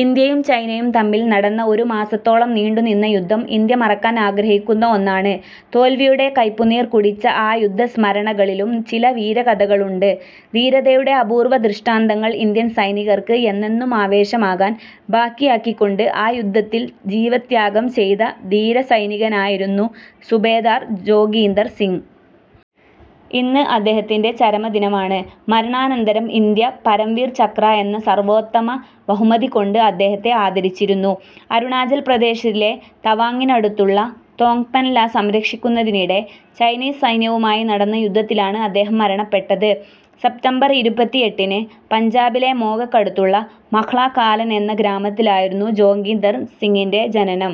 ഇന്ത്യയും ചൈനയും തമ്മിൽ നടന്ന ഒരു മാസത്തോളം നീണ്ടുനിന്ന യുദ്ധം ഇന്ത്യ മറക്കാൻ ആഗ്രഹിക്കുന്ന ഒന്നാണ്. തോൽവിയുടെ കയ്പുനീർ കുടിച്ച ആ യുദ്ധസ്മരണകളിലും, ചില വീരകഥകളുണ്ട്. ധീരതയുടെ അപൂർവദൃഷ്ടാന്തങ്ങൾ ഇന്ത്യൻ സൈനികർക്ക് എന്നെന്നും ആവേശമാകാൻ ബാക്കിയാക്കികൊണ്ട് ആ യുദ്ധത്തിൽ ജീവത്യാഗം ചെയ്ത ധീരസൈനികനായിരുന്നു സുബേദാർ ജോഗീന്ദർ സിംഗ്. ഇന്ന് അദ്ദേഹത്തിന്റെ ചരമദിനമാണ്. മരണാനന്തരം ഇന്ത്യ പരംവീർചക്ര എന്ന സർവോത്തമബഹുമതികൊണ്ട് അദ്ദേഹത്തെ ആദരിച്ചിരുന്നു. അരുണാചൽ പ്രദേശിലെ തവാങ്ങിനടുത്തുള്ള തോങ്പെൻ ലാ സംരക്ഷിക്കുന്നതിനിടെ ചൈനീസ് സൈന്യവുമായി നടന്ന യുദ്ധത്തിലാണ് അദ്ദേഹം മരണപ്പെട്ടത്. സെപ്റ്റംബർ ഇരുപത്തിഎട്ടിന് പഞ്ചാബിലെ മോഗയ്ക്കടുത്തുള്ള മഹ്ലാ കാലൻ എന്ന ഗ്രാമത്തിലായിരുന്നു ജോഗീന്ദർ സിംഗിന്റെ ജനനം.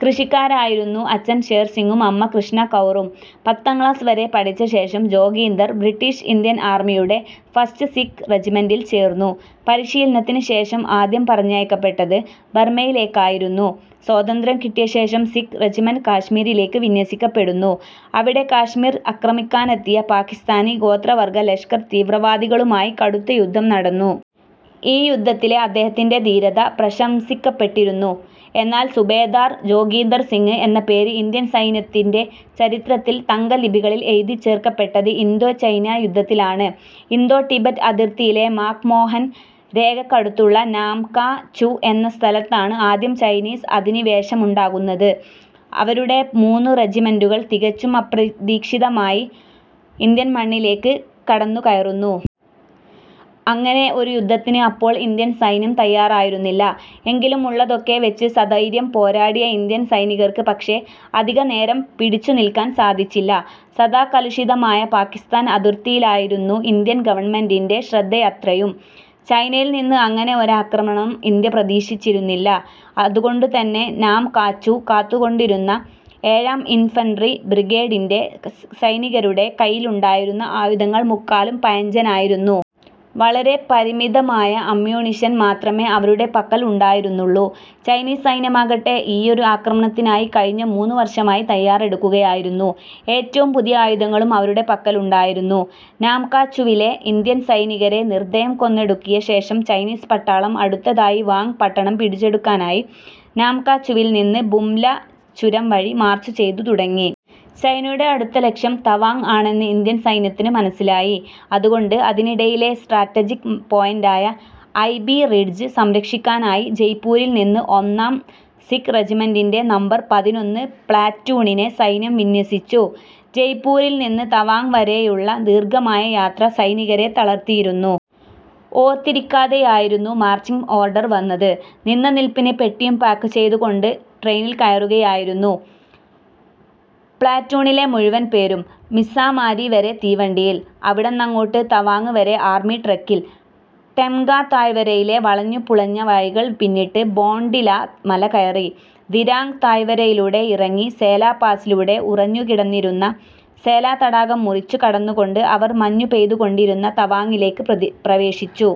കൃഷിക്കാരായിരുന്നു അച്ഛൻ ഷേർസിംഗും അമ്മ കൃഷ്ണ കൗറും. പത്താം ക്ലാസ് വരെ പഠിച്ച ശേഷം ജോഗീന്ദർ ബ്രിട്ടീഷ് ഇന്ത്യൻ ആർമിയുടെ ഫസ്റ്റ് സിഖ് റെജിമെന്റിൽ ചേർന്നു. പരിശീലനത്തിന് ശേഷം ആദ്യം പറഞ്ഞയക്കപ്പെട്ടത് ബർമയിലേക്കായിരുന്നു. സ്വാതന്ത്ര്യം കിട്ടിയ ശേഷം സിഖ് റജിമെന്റ് കാശ്മീരിലേക്ക് വിന്യസിക്കപ്പെടുന്നു. അവിടെ കശ്മീർ അക്രമിക്കാനെത്തിയ പാകിസ്താനി ഗോത്രവർഗ ലഷ്കർ തീവ്രവാദികളുമായി കടുത്ത യുദ്ധം നടന്നു. ഈ യുദ്ധത്തിലെ അദ്ദേഹത്തിന്റെ ധീരത പ്രശംസിക്കപ്പെട്ടിരുന്നു. എന്നാൽ സുബേദാർ ജോഗീന്ദർ സിംഗ് എന്ന പേര് ഇന്ത്യൻ സൈന്യത്തിന്റെ ചരിത്രത്തിൽ തങ്കലിപികളിൽ എഴുതിച്ചേർക്കപ്പെട്ടത് ഇന്തോ ചൈനാ യുദ്ധത്തിലാണ്. ഇന്തോ ടിബറ്റ് അതിർത്തിയിലെ മാക്മോഹൻ രേഖയ്ക്കടുത്തുള്ള നാംകാ ചു എന്ന സ്ഥലത്താണ് ആദ്യം ചൈനീസ് അധിനിവേശമുണ്ടാകുന്നത്. അവരുടെ മൂന്നു റജിമെന്റുകൾ തികച്ചും അപ്രതീക്ഷിതമായി ഇന്ത്യൻ മണ്ണിലേക്ക് കടന്നുകയറുന്നു. അങ്ങനെ ഒരു യുദ്ധത്തിന് അപ്പോൾ ഇന്ത്യൻ സൈന്യം തയ്യാറായിരുന്നില്ല. എങ്കിലും, ഉള്ളതൊക്കെ വെച്ച് സധൈര്യം പോരാടിയ ഇന്ത്യൻ സൈനികർക്ക് പക്ഷേ, അധികനേരം പിടിച്ചു നില്ക്കാൻ സാധിച്ചില്ല. സദാ കലുഷിതമായ പാകിസ്ഥാൻ അതിർത്തിയിലായിരുന്നു ഇന്ത്യൻ ഗവണ്മെന്റിന്റെ ശ്രദ്ധയത്രയും. ചൈനയിൽ നിന്ന് അങ്ങനെ ഒരാക്രമണം ഇന്ത്യ പ്രതീക്ഷിച്ചിരുന്നില്ല. അതുകൊണ്ടുതന്നെ നാംകാചു കാത്തുകൊണ്ടിരുന്ന ഏഴാം ഇൻഫൻട്രി ബ്രിഗേഡിന്റെ സൈനികരുടെ കയ്യിലുണ്ടായിരുന്ന ആയുധങ്ങൾ മുക്കാലും പഴഞ്ചനായിരുന്നു. വളരെ പരിമിതമായ അമ്യൂണിഷൻ മാത്രമേ അവരുടെ പക്കൽ ഉണ്ടായിരുന്നുള്ളൂ. ചൈനീസ് സൈന്യമാകട്ടെ, ഈയൊരു ആക്രമണത്തിനായി കഴിഞ്ഞ മൂന്നു വർഷമായി തയ്യാറെടുക്കുകയായിരുന്നു. ഏറ്റവും പുതിയ ആയുധങ്ങളും അവരുടെ പക്കലുണ്ടായിരുന്നു. നാംകാചുവിലെ ഇന്ത്യൻ സൈനികരെ നിർദ്ദയം കൊന്നൊടുക്കിയ ശേഷം ചൈനീസ് പട്ടാളം അടുത്തതായി വാങ്ങ് പട്ടണം പിടിച്ചെടുക്കാനായി നാംകാചുവിൽ നിന്ന് ബുംല ചുരം വഴി മാർച്ചുചെയ്തു തുടങ്ങി. ചൈനയുടെ അടുത്ത ലക്ഷ്യം തവാങ്ങ് ആണെന്ന് ഇന്ത്യൻ സൈന്യത്തിന് മനസ്സിലായി. അതുകൊണ്ട് അതിനിടയിലെ സ്ട്രാറ്റജിക് പോയന്റായ ഐബി റിഡ്ജ് സംരക്ഷിക്കാനായി ജയ്പൂരിൽ നിന്ന് ഒന്നാം സിഖ് റജിമെന്റിന്റെ നമ്പർ പതിനൊന്ന് പ്ലാറ്റൂണിനെ സൈന്യം വിന്യസിച്ചു. ജയ്പ്പൂരിൽ നിന്ന് തവാങ് വരെയുള്ള ദീർഘമായ യാത്ര സൈനികരെ തളർത്തിയിരുന്നു. ഓർത്തിരിക്കാതെയായിരുന്നു മാർച്ചിങ് ഓർഡർ വന്നത്. നിന്നനിൽപ്പിന് പെട്ടിയും പാക്കുചെയ്തുകൊണ്ട് ട്രെയിനിൽ കയറുകയായിരുന്നു പ്ലാറ്റൂണിലെ മുഴുവൻ പേരും. മിസ്സാമാരി വരെ തീവണ്ടിയിൽ. അവിടന്നങ്ങോട്ട് തവാങ്ങ് വരെ ആർമി ട്രക്കിൽ. ടെംഗാ താഴ്വരയിലെ വളഞ്ഞുപുളഞ്ഞ വഴികൾ പിന്നിട്ട്, ബോംഡിലാ മലകയറി, ധിരാങ്ങ് താഴ്വരയിലേക്ക് ഇറങ്ങി, സേലാ പാസിലൂടെ, ഉറഞ്ഞുകിടന്നിരുന്ന സേലാ തടാകം മുറിച്ചുകടന്നുകൊണ്ട്, അവർ മഞ്ഞുപെയ്തുകൊണ്ടിരുന്ന തവാങിലേക്ക് പ്രതി പ്രവേശിച്ചു.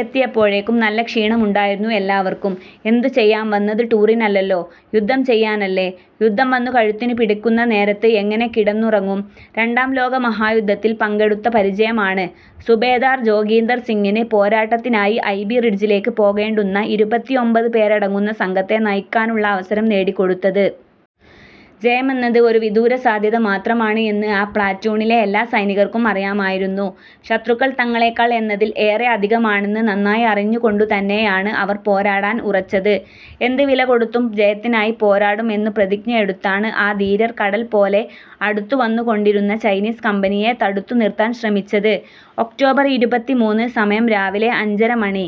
എത്തിയപ്പോഴേക്കും നല്ല ക്ഷീണമുണ്ടായിരുന്നു എല്ലാവർക്കും. എന്തുചെയ്യാം വന്നത് ടൂറിനല്ലല്ലോ, യുദ്ധം ചെയ്യാനല്ലേ? യുദ്ധം വന്നു കഴുത്തിന് പിടിക്കുന്ന നേരത്ത് എങ്ങനെ കിടന്നുറങ്ങും? രണ്ടാം ലോകമഹായുദ്ധത്തിൽ പങ്കെടുത്ത പരിചയമാണ്, സുബേദാർ ജോഗീന്ദർ സിംഗിന് പോരാട്ടത്തിനായി ഐബി റിഡ്ജിലേക്ക് പോകേണ്ടുന്ന ഇരുപത്തിഒമ്പത് പേരടങ്ങുന്ന സംഘത്തെ നയിക്കാനുള്ള അവസരം നേടിക്കൊടുത്തത്. ജയമെന്നത് ഒരു വിദൂരസാധ്യത മാത്രമാണ് എന്ന് ആ പ്ലാറ്റൂണിലെ എല്ലാ സൈനികർക്കും അറിയാമായിരുന്നു. ശത്രുക്കൾ തങ്ങളേക്കാൾ എന്നതിൽ ഏറെ അധികമാണെന്ന് നന്നായറിഞ്ഞുകൊണ്ടുതന്നെയാണ് അവർ പോരാടാൻ ഉറച്ചത്. ' എന്ത് വിലകൊടുത്തും ജയത്തിനായി പോരാടും ' എന്ന് പ്രതിജ്ഞയെടുത്താണ് ആ ധീരർ കടൽ പോലെ അടുത്തുവന്നുകൊണ്ടിരുന്ന ചൈനീസ് കമ്പനിയെ തടുത്തു നിർത്താൻ ശ്രമിച്ചത്. ഒക്ടോബർ ഇരുപത്തിമൂന്ന് സമയം രാവിലെ അഞ്ചരമണി.